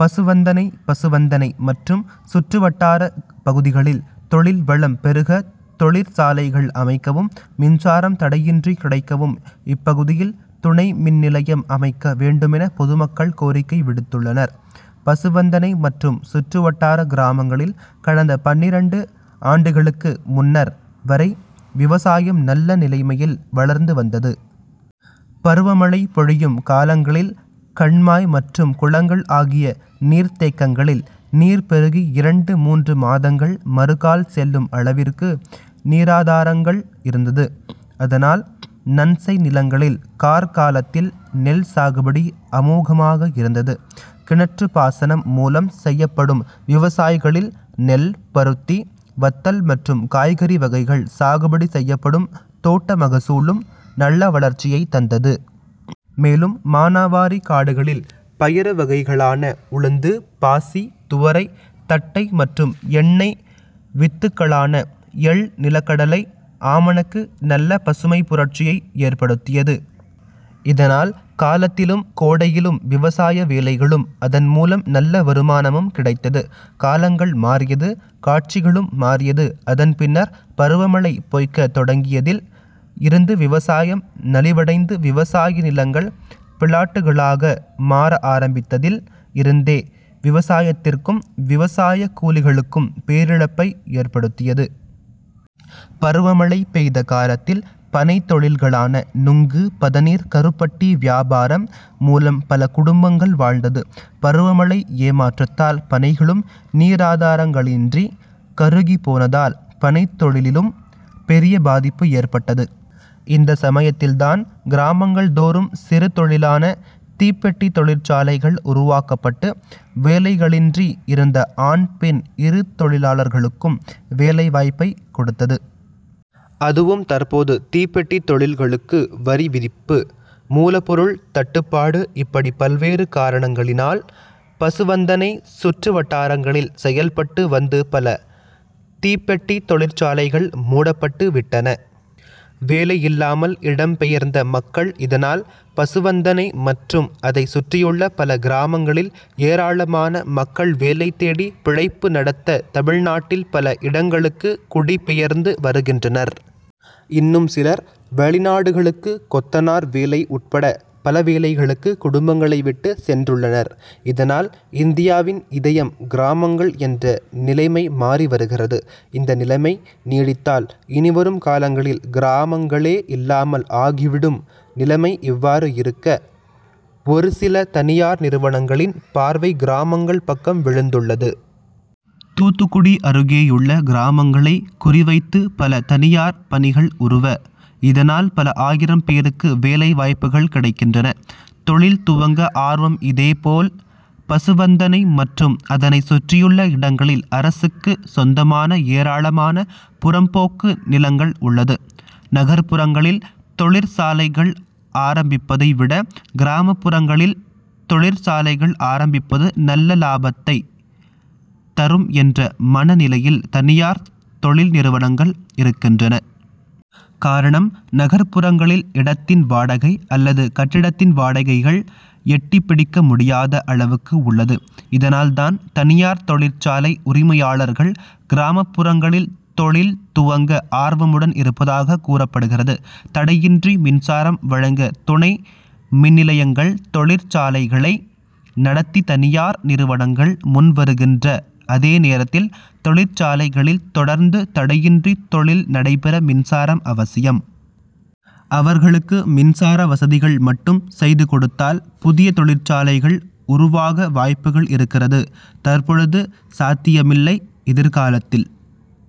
பசுவந்தனை பசுவந்தனை மற்றும் சுற்று வட்டார பகுதிகளில் தொழில் வளம் பெருக தொழிற்சாலைகள் அமைக்கவும் மின்சாரம் தடையின்றி கிடைக்கவும் இப்பகுதியில் துணை மின்நிலையம் அமைக்க வேண்டுமென பொதுமக்கள் கோரிக்கை விடுத்துள்ளனர். பசுவந்தனை மற்றும் சுற்று வட்டார கிராமங்களில் கடந்த பன்னிரண்டு ஆண்டுகளுக்கு முன்னர் வரை விவசாயம் நல்ல நிலைமையில் வளர்ந்து வந்தது. பருவமழை பொழியும் காலங்களில் கண்மாய் மற்றும் குளங்கள் ஆகிய நீர்த்தேக்கங்களில் நீர் பெருகி இரண்டு மூன்று மாதங்கள் மறுகால் செல்லும் அளவிற்கு நீராதாரங்கள் இருந்தது. அதனால் நன்செய் நிலங்களில் கார் காலத்தில் நெல் சாகுபடி அமோகமாக இருந்தது. கிணற்று பாசனம் மூலம் செய்யப்படும் விவசாயங்களில் நெல், பருத்தி, வத்தல் மற்றும் காய்கறி வகைகள் சாகுபடி செய்யப்படும் தோட்ட மகசூலும் நல்ல வளர்ச்சியை தந்தது. மேலும் மானாவாரி காடுகளில் பயறு வகைகளான உளுந்து, பாசி, துவரை, தட்டை மற்றும் எண்ணெய் வித்துக்களான எள், நிலக்கடலை, ஆமணக்கு நல்ல பசுமை புரட்சியை ஏற்படுத்தியது. இதனால் காலத்திலும் கோடையிலும் விவசாய வேலைகளும் அதன் மூலம் நல்ல வருமானமும் கிடைத்தது. காலங்கள் மாறியது காட்சிகளும் மாறியது அதன் பின்னர் பருவமழை பொய்க்க தொடங்கியதில் இருந்து விவசாயம் நலிவடைந்து விவசாய நிலங்கள் பிளாட்டுகளாக மாற ஆரம்பித்ததில் இருந்தே விவசாயத்திற்கும் விவசாய கூலிகளுக்கும் பேரிழப்பை ஏற்படுத்தியது. பருவமழை பெய்த காலத்தில் பனை தொழில்களான நுங்கு பதநீர், கருப்பட்டி வியாபாரம் மூலம் பல குடும்பங்கள் வாழ்ந்தது. பருவமழை ஏமாற்றத்தால் பனைகளும் நீராதாரங்களின்றி கருகி போனதால் பனை தொழிலிலும் பெரிய பாதிப்பு ஏற்பட்டது. இந்த சமயத்தில்தான் கிராமங்கள் தோறும் சிறு தொழிலான தீப்பெட்டி தொழிற்சாலைகள் உருவாக்கப்பட்டு வேலைகளின்றி இருந்த ஆண் பெண் இரு தொழிலாளர்களுக்கும் வேலைவாய்ப்பை கொடுத்தது. அதுவும் தற்போது தீப்பெட்டி தொழில்களுக்கு வரி விதிப்பு, மூலப்பொருள் தட்டுப்பாடு இப்படி பல்வேறு காரணங்களினால் பசுவந்தனை சுற்றுவட்டாரங்களில் செயல்பட்டு வந்து பல தீப்பெட்டி தொழிற்சாலைகள் மூடப்பட்டு விட்டன. வேலை இல்லாமல் இடம் பெயர்ந்த மக்கள் இதனால் பசுவந்தனை மற்றும் அதை சுற்றியுள்ள பல கிராமங்களில் ஏராளமான மக்கள் வேலை தேடி பிழைப்பு நடத்த தமிழ்நாட்டில் பல இடங்களுக்கு குடிபெயர்ந்து வருகின்றனர். இன்னும் சிலர் வெளிநாடுகளுக்கு கொத்தனார் வேலை உட்பட பலவேலைகளுக்கு குடும்பங்களை விட்டு சென்றுள்ளனர். இதனால் இந்தியாவின் இதயம் கிராமங்கள் என்ற நிலைமை மாறி வருகிறது. இந்த நிலமை நீடித்தால் இனிவரும் காலங்களில் கிராம ங்களே இல்லாமல் ஆகிவிடும். நிலமை இவ்வாறு இருக்க, ஒரு சில தனியார் நிறுவனங்களின் பார்வை கிராமங்கள் பக்கம் விழுந்துள்ளது. தூத்துக்குடி அருகேயுள்ள கிராமங்களை குறிவைத்து பல தனியார் பனிகள் உருவ. இதனால் பல ஆயிரம் பேருக்கு வேலை வாய்ப்புகள் கிடைக்கின்றன. தொழில் துவங்க ஆர்வம்இதைப்போல் பசுவந்தனை மற்றும் அதனை சுற்றியுள்ள இடங்களில் அரசுக்கு சொந்தமாக ஏராளமான புறம்போக்கு நிலங்கள் உள்ளது. நகர்ப்புறங்களில் தொழிற் சாலைகள் ஆரம்பிப்பதை விட கிராமப்புறங்களில் தொழி ற்சாலைகள் ஆரம்பிப்பது நல்ல லாபத்தை தரும் என்ற மன நிலையில் தனியார் தொழிற்நிறுவனங்கள் இருக் கின்றன. காரணம் நகர்ப்புறங்களில் இடத்தின் வாடகை, அல்லது கட்டிடத்தின் வாடகைகள் எட்டிப்பிடிக்கமுடியாத அளவுக்கு உள்ளது. இதனால்தான் தனியார் தொழிற்சாலை உரிமையாளர்கள் கிராமப்புறங்களில் தொழில்துவங்க ஆர்வமுடன் இருப்பதாக கூறப்படுகிறது. தடையின்றி மின்சாரம் வழங்க துணை மின்நிலையங்கள்தொழிற்சாலைகளை நடத்தி தனியார் நிறுவனங்கள் முன் வருகின்ற அதே நேரத்தில் தொழிற்சாலைகளில் தொடர்ந்து தடையின்றி தொழில் நடைபெற மின்சாரம் அவசியம். அவர்களுக்கு மின்சார வசதிகள் மட்டும் செய்துகொடுத்தால் புதிய தொழிற்சாலைகள் உருவாக வாய்ப்புகள் இருக்கிறது. தற்பொழுது சாத்தியமில்லை.. எதிர்காலத்தில்..!